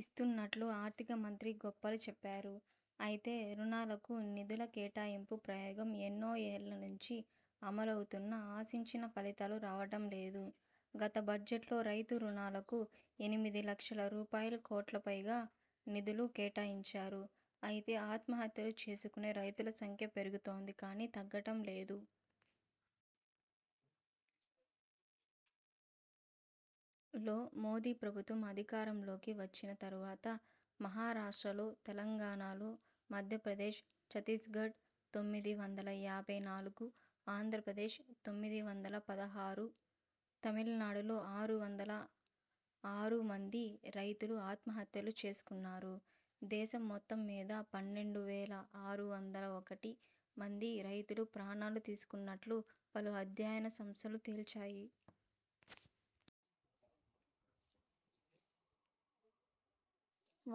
ఇస్తున్నట్లు ఆర్థికమంత్రి గొప్పలు చెప్పారు. అయితే రుణాలకు నిధుల కేటాయింపు ప్రయోగం ఎన్నో ఏళ్ల నుంచి అమలవుతున్నా ఆశించిన ఫలితాలు రావడం లేదు. గత బడ్జెట్లో రైతు రుణాలకు ఎనిమిది లక్షల రూపాయలు కోట్లపైగా నిధులు కేటాయించారు. అయితే ఆత్మహత్యలు చేసుకునే రైతుల సంఖ్య పెరుగుతోంది కానీ తగ్గడం లేదు. లో మోదీ ప్రభుత్వం అధికారంలోకి వచ్చిన తరువాత మహారాష్ట్రలో, తెలంగాణలో, మధ్యప్రదేశ్, ఛత్తీస్గఢ్ తొమ్మిది వందల యాభై నాలుగు, ఆంధ్రప్రదేశ్- తొమ్మిది వందల పదహారు, తమిళనాడులో ఆరు వందల ఆరు మంది రైతులు ఆత్మహత్యలు చేసుకున్నారు. దేశం మొత్తం మీద పన్నెండు వేల ఆరు వందల ఒకటి మంది రైతులు ప్రాణాలు తీసుకున్నట్లు పలు అధ్యయన సంస్థలు తేల్చాయి.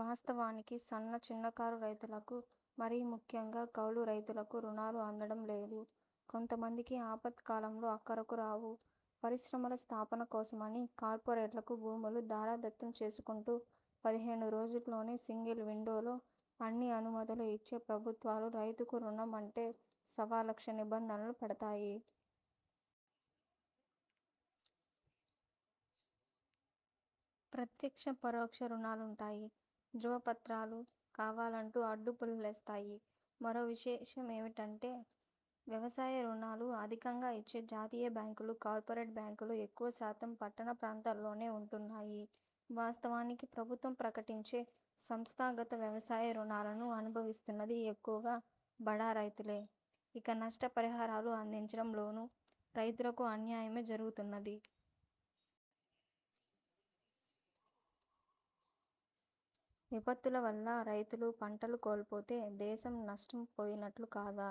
వాస్తవానికి సన్న చిన్నకారు రైతులకు, మరీ ముఖ్యంగా కౌలు రైతులకు రుణాలు అందడం లేదు. కొద్దిమందికి ఆపత్కాలంలో అక్కరకు రావు. పరిశ్రమల స్థాపన కోసమని కార్పొరేట్లకు భూములు ధారాదత్తం చేసుకుంటూ పదిహేను రోజుల్లోనే సింగిల్ విండోలో అన్ని అనుమతులు ఇచ్చే ప్రభుత్వాలు రైతుకు రుణం అంటే సవాలక్ష నిబంధనలు పెడతాయి. ప్రత్యక్ష, పరోక్ష రుణాలంటాయి. ధ్రువపత్రాలు కావాలంటూ అడ్డు పుల్లలేస్తాయి. మరో విశేషమేమంటే వ్యవసాయ రుణాలు అధికంగా ఇచ్చే జాతీయ బ్యాంకులు, కార్పొరేట్ బ్యాంకులు ఎక్కువ శాతం పట్టణ ప్రాంతాల్లోనే ఉంటున్నాయి. వాస్తవానికి ప్రభుత్వం ప్రకటించే సంస్థాగత వ్యవసాయ రుణాలను అనుభవిస్తున్నది ఎక్కువగా బడా రైతులే. ఇక నష్ట పరిహారాలు అందించడం లోనూ రైతులకు అన్యాయమే జరుగుతున్నది. విపత్తుల వల్ల రైతులు పంటలు కోల్పోతే దేశం నష్ట పోయినట్లు కాదా?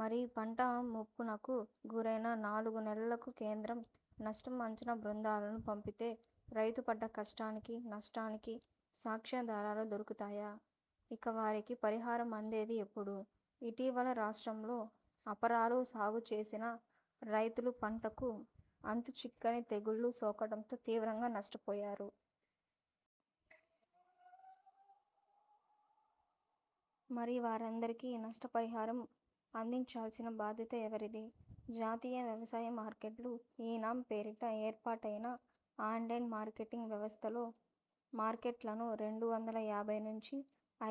మరి పంట ముంపునకు గురైన నాలుగు నెలలకు కేంద్రం నష్టం అంచనా బృందాలను పంపితే రైతు పడ్డ కష్టానికి, నష్టానికి సాక్ష్యాధారాలు దొరుకుతాయా? ఇక వారికి పరిహారం అందేది ఎప్పుడు? ఇటీవల రాష్ట్రంలో అపరాలు సాగు చేసిన రైతులు పంటకు అంతు చిక్కని తెగుళ్లు సోకడంతో తీవ్రంగా నష్టపోయారు. మరి వారందరికీ నష్టపరిహారం అందించాల్సిన బాధ్యత ఎవరిది? జాతీయ వ్యవసాయ మార్కెట్లు 'ఈ నామ్' పేరిట ఏర్పాటైన ఆన్లైన్ మార్కెటింగ్ వ్యవస్థలో మార్కెట్లను రెండు వందల యాభై నుంచి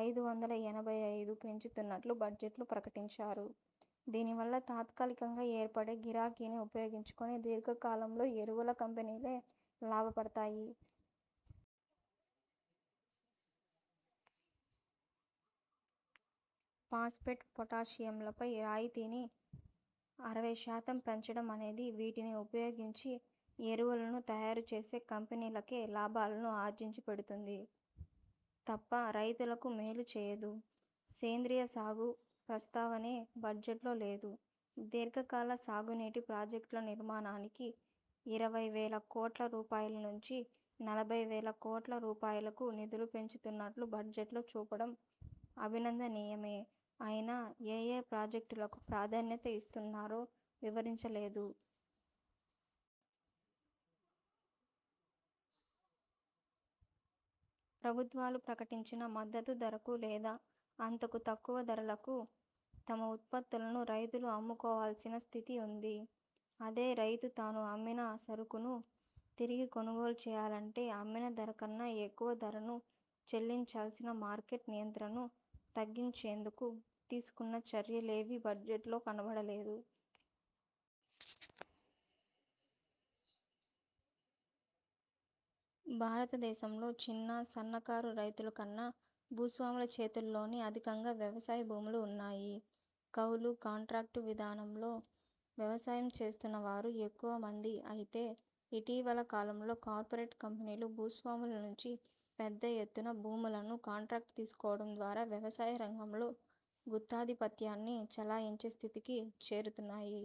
ఐదు వందల ఎనభై ఐదు పెంచుతున్నట్లు బడ్జెట్లో ప్రకటించారు. దీనివల్ల తాత్కాలికంగా ఏర్పడే గిరాకీని ఉపయోగించుకుని దీర్ఘకాలంలో ఎరువుల కంపెనీలే లాభపడతాయి. ఫాస్ఫేట్, పొటాషియంలపై రాయితీని అరవైశాతం పెంచడం అనేది, వీటిని ఉపయోగించి ఎరువులను తయారుచేసే కంపెనీలకే లాభాలను ఆర్జించి పెడుతుంది తప్ప రైతులకు మేలు చేయదు. సేంద్రియసాగు ప్రస్తావనే బడ్జెట్లో లేదు. దీర్ఘకాల సాగునీటి ప్రాజెక్టుల నిర్మాణానికి ఇరవై వేల కోట్ల రూపాయలు నుంచి నలభై వేల కోట్ల రూపాయలకు నిధులు పెంచుతున్నట్లు బడ్జెట్లో చూపడం అభినందనీయమే అయినా, ఏఏ ప్రాజెక్టులకు ప్రాధాన్యత ఇస్తున్నారో వివరించలేదు. ప్రభుత్వాలు ప్రకటించిన మద్దతు ధరకు లేదా అంతకు తక్కువ ధరలకు తమ ఉత్పత్తులను రైతులు అమ్ముకోవాల్సిన స్థితి ఉంది. అదే రైతు తాను అమ్మిన సరకును తిరిగి కొనుగోలు చేయాలంటే అమ్మినధర కన్నా ఎక్కువ ధరను చెల్లించాల్సిన మార్కెట్ నియంత్రణను తగ్గించేందుకు తీసుకున్న చర్యలేవీ బడ్జెట్లో కనబడలేదు. భారతదేశంలో చిన్న, సన్నకారు రైతులు కన్నా భూస్వాముల చేతిలోనే అధికంగా వ్యవసాయ భూములు ఉన్నాయి. కౌెలు, కాంట్రాక్టు విధానంలో వ్యవసాయం చేస్తున్నవారు ఎక్కువమంది. అయితే ఇటీవల కాలంలో కార్పొరేట్ కంపెనీలు భూస్వాముల నుంచి పెద్ద ఎత్తున భూములను కాంట్రాక్టు తీసుకోవడం ద్వారా వ్యవసాయ రంగంలో గుత్తాధిపత్యాన్ని చలాయించే స్థితికి చేరుతున్నాయి.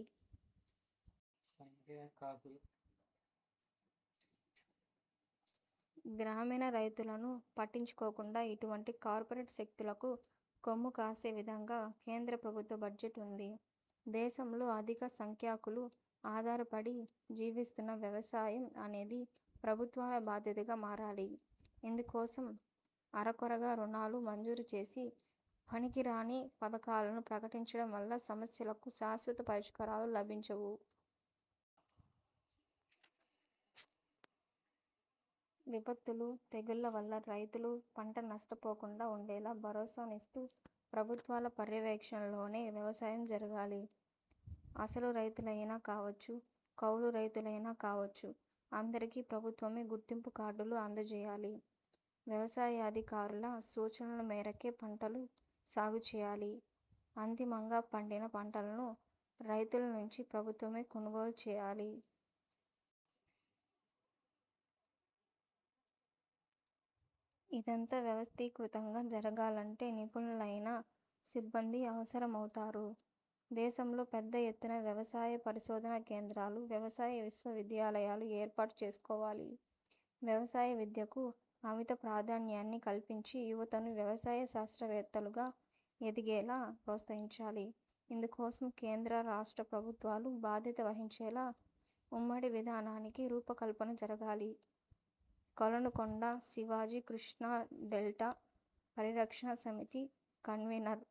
గ్రామీణ రైతులను పట్టించుకోకుండా ఇటువంటి కార్పొరేట్ శక్తులకు కొమ్ముకాసే విధంగా కేంద్రప్రభుత్వ బడ్జెట్ ఉంది. దేశంలో అధిక సంఖ్యాకులు ఆధారపడి జీవిస్తున్న వ్యవసాయం అనేది ప్రభుత్వాల బాధ్యతగా మారాలి. ఇందుకోసం అరకొరగా రుణాలు మంజూరు చేసి, పనికిరాని పథకాలను ప్రకటించడం వల్ల సమస్యలకు శాశ్వత పరిష్కారాలు లభించవు. విపత్తులు, తెగుళ్ల వల్ల రైతులు పంట నష్టపోకుండా వుండేలా భరోసానిస్తూ ప్రభుత్వాల పర్యవేక్షణలోనే వ్యవసాయం జరగాలి. అసలు రైతులైనా కావచ్చు, కౌలు రైతులైనా కావచ్చు అందరికీ ప్రభుత్వమే గుర్తింపు కార్డులు అందజేయాలి. వ్యవసాయాధికారుల సూచనల మేరకే పంటలు సాగు చేయాలి. అంతిమంగా పండిన పంటను రైతుల నుంచి ప్రభుత్వమే కొనుగోలు చేయాలి. ఇదంతా వ్యవస్థీకృతంగా జరగాలంటే నిపుణులైన సిబ్బంది అవసరమవుతారు. దేశంలో పెద్ద ఎత్తున వ్యవసాయ పరిశోధన కేంద్రాలు, వ్యవసాయ విశ్వవిద్యాలయాలు ఏర్పాటు చేసుకోవాలి. వ్యవసాయ విద్యకు అమిత ప్రాధాన్యాన్ని కల్పించి యువతను వ్యవసాయ శాస్త్రవేత్తలుగా ఎదిగేలా ప్రోత్సహించాలి. ఇందుకోసం కేంద్రరాష్ట్ర ప్రభుత్వాలు బాధ్యత వహించేలా ఉమ్మడి విధానానికి రూపకల్పన జరగాలి. కొలనుకొండ శివాజీ కృష్ణాడెల్టా పరిరక్షణ సమితి కన్వీనర్